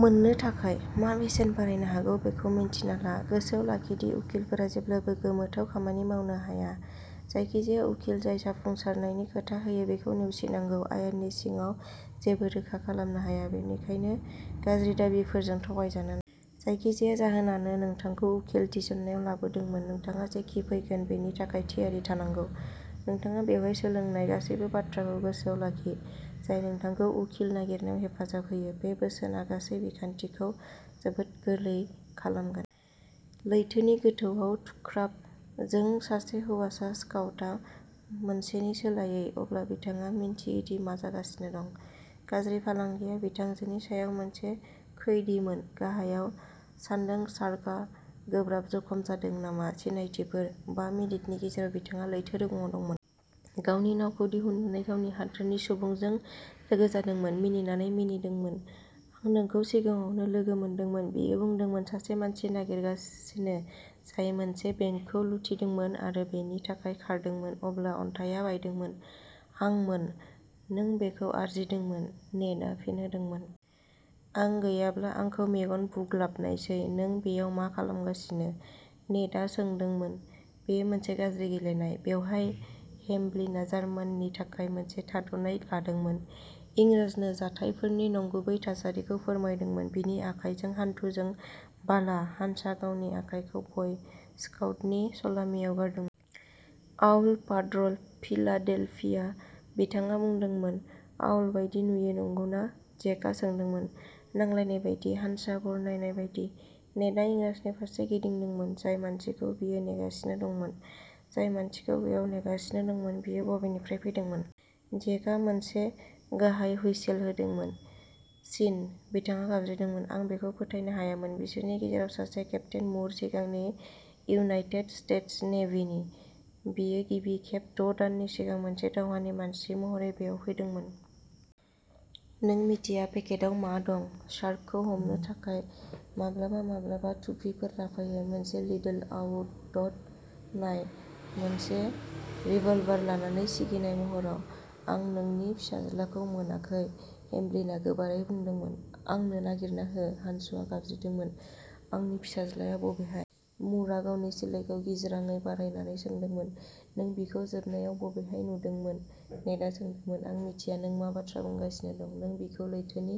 मोन्नो थाखाय। मा बेसेन बारायनो हागौ बेखौ मिन्थिना ला। गोसोआव लाखि दि उखिलफोरा जेब्लाबो गोमोथाव खामानि मावनो हाया। जायखिजाया उखिल जाय जाफुंसारनायनि खोथा होयो, बिखौ नेवसिनांगौ। आयेननि सिङाव जेबो रोखा खालामनो हाया, बेनिखायनो गाज्रि दाबिफोरजों थगायजानो जायखिजाया जाहोनानो नोंथांखौ उखिल थिसननायाव लाबोदोंमोन, नोंथाङा जेखि फैगोन बेनि थाखाय थियारि थानांगौ। नोंथाङा बेवहाय सोलोंनाय गासैबो बाथ्राखौ गोसोआव लाखि, जाय नोंथांखौ उखिल नागिरनायाव हेफाजाब होयो। बे बोसोनआ गासै बिखान्थिखौ जोबोद गोरलै खालामगोन। लैथोनि गोथौआव "थुख्राब" जों सासे हौवासा स्काउटा। मोनसेनि सोलायै। अब्ला बिथाङा मिन्थियो दि मा जागासिनो दं। गाज्रि फालांगिया बिथांजोनि सायाव मोनसे खैदीमोन। "गाहायाव। सानदों शार्कआ गोब्राब जखम जादों नामा?" सिनायथिफोर। बा मिनिटनि गेजेराव बिथाङा लैथो रुगुंआव दंमोन। गावनि नावखौ दिहुननानै गावनि हादोरनि सुबुंजों लोगो जादोंमोन। "मिनिनानै मिनिदोंमोन। "आं नोंखौ सिगाङावबो लोगो मोनदोंमोन!" बियो बुंदोंमोन। सासे मानसि नागिरगासिनो जाय मोनसे बेंकखौ लुथिदोंमोन आरो'बेनि थाखाय खारदोंमोन'। अब्ला अन्थाइआ बायदोंमोन आंमोन। "" नों बेखौ आरजिदोंमोन ", नेडआ फिन होदोंमोन। आं गैयाब्ला आंखौ मेगन बुग्लाबनायसै।" "नों बेयाव मा खालामगासिनो?" नेडआ सोंदोंमोन। "बेयो मोनसे गाज्रि गेलेनाय, बेवहाय।" हेमब्लिना जार्माननि थाखाय मोनसे थाद'नाय लादोंमोन। इंराजनो जाथायफोरनि नंगुबै थासारिखौ फोरमायदोंमोन। बिनि आखाइजों हान्थुजों बाला। हान्सा गावनि आखायखौ बय स्काउटनि सलामीआव गारदोंमोन। "Owl पाड्र'ल, Philadelphia!" बिथाङा बुंदोंमोन। "आउल बायदि नुयो, नंगौना?" जेकआ सोंदोंमोन। नांलायनाय बायदि, हान्सा बरनायनाय बायदि। नेडआ इंराजनि फारसे गिदिंदोंमोन। जाय मानसिखौ बियो नेगासिनो दंमोन? "" जाय मानसिखौ बेयाव नेगासिनो दंमोन बियो बबेनिफ्राय फैदोंमोन? "जेकआ मोनसे गाहाय हुइसेल होदोंमोन।" चीन! "बिथाङा गाबज्रिदोंमोन।" आं बेखौ फोथायनो हायामोन। "" बिसोरनि गेजेराव सासे-- केप्टेन मुर, सिगांनि इउनाइटेड स्टेट्स नेभिनि, " "बियो गिबि खेब द'दाननि सिगां मोनसे दावहानि मानसि महरै बेयाव फैदोंमोन।" "नों मिथिया पेकेटआव मा दं?" "शार्कखौ हमनो थाखाय!" माब्लाबा-माब्लाबा थुफिफोर लाफायो। मोनसे लिडल आउड्ट नाय! "मोनसे रिभलभार लानानै सिगिनाय महराव।" आं नोंनि फिसाज्लाखौ मोनाखै! "हेमब्लिना गोबारै बुंदोंमोन।" आंनो नागिरना हो! "हानसआ गाबज्रिदोंमोन।" आंनि फिसाज्लाआ बबेहाय? "मुरआ गावनि सिलाइखौ गिज्राङै बारायनानै सोंदोंमोन।" नों बिखौ जोबनायाव बबेहाय नुदोंमोन? "नेडआ सोंदोंमोन।" आं मिथिया नों मा बाथ्रा बुंगासिनो दं। "" नों बिखौ लैथोनि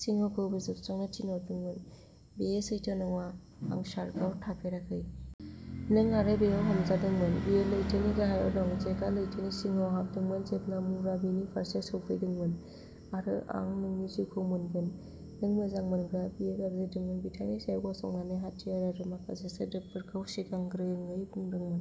सिंहखौ फोजोबस्रांनो थिनहरदोंमोन। "" बेयो सैथो नङा। आं शार्कआव थाफेराखै। "नों आरो बेयाव हमजादोंमोन।" "बियो लैथोनि गाहायाव दं!" जेकआ लैथोनि सिंहआव हाबदोंमोन जेब्ला मुरआ बिनि फारसे सौफैदोंमोन। आरो आं नोंनि जिउखौ मोनगोन। "" नों मोजां मोनग्रा! "बियो गाबज्रिदोंमोन, बिथांनि सायाव गसंनानै। हाथियार आरो माखासे सोदोबफोरखौ सिगांग्रोङै बुंदोंमोन।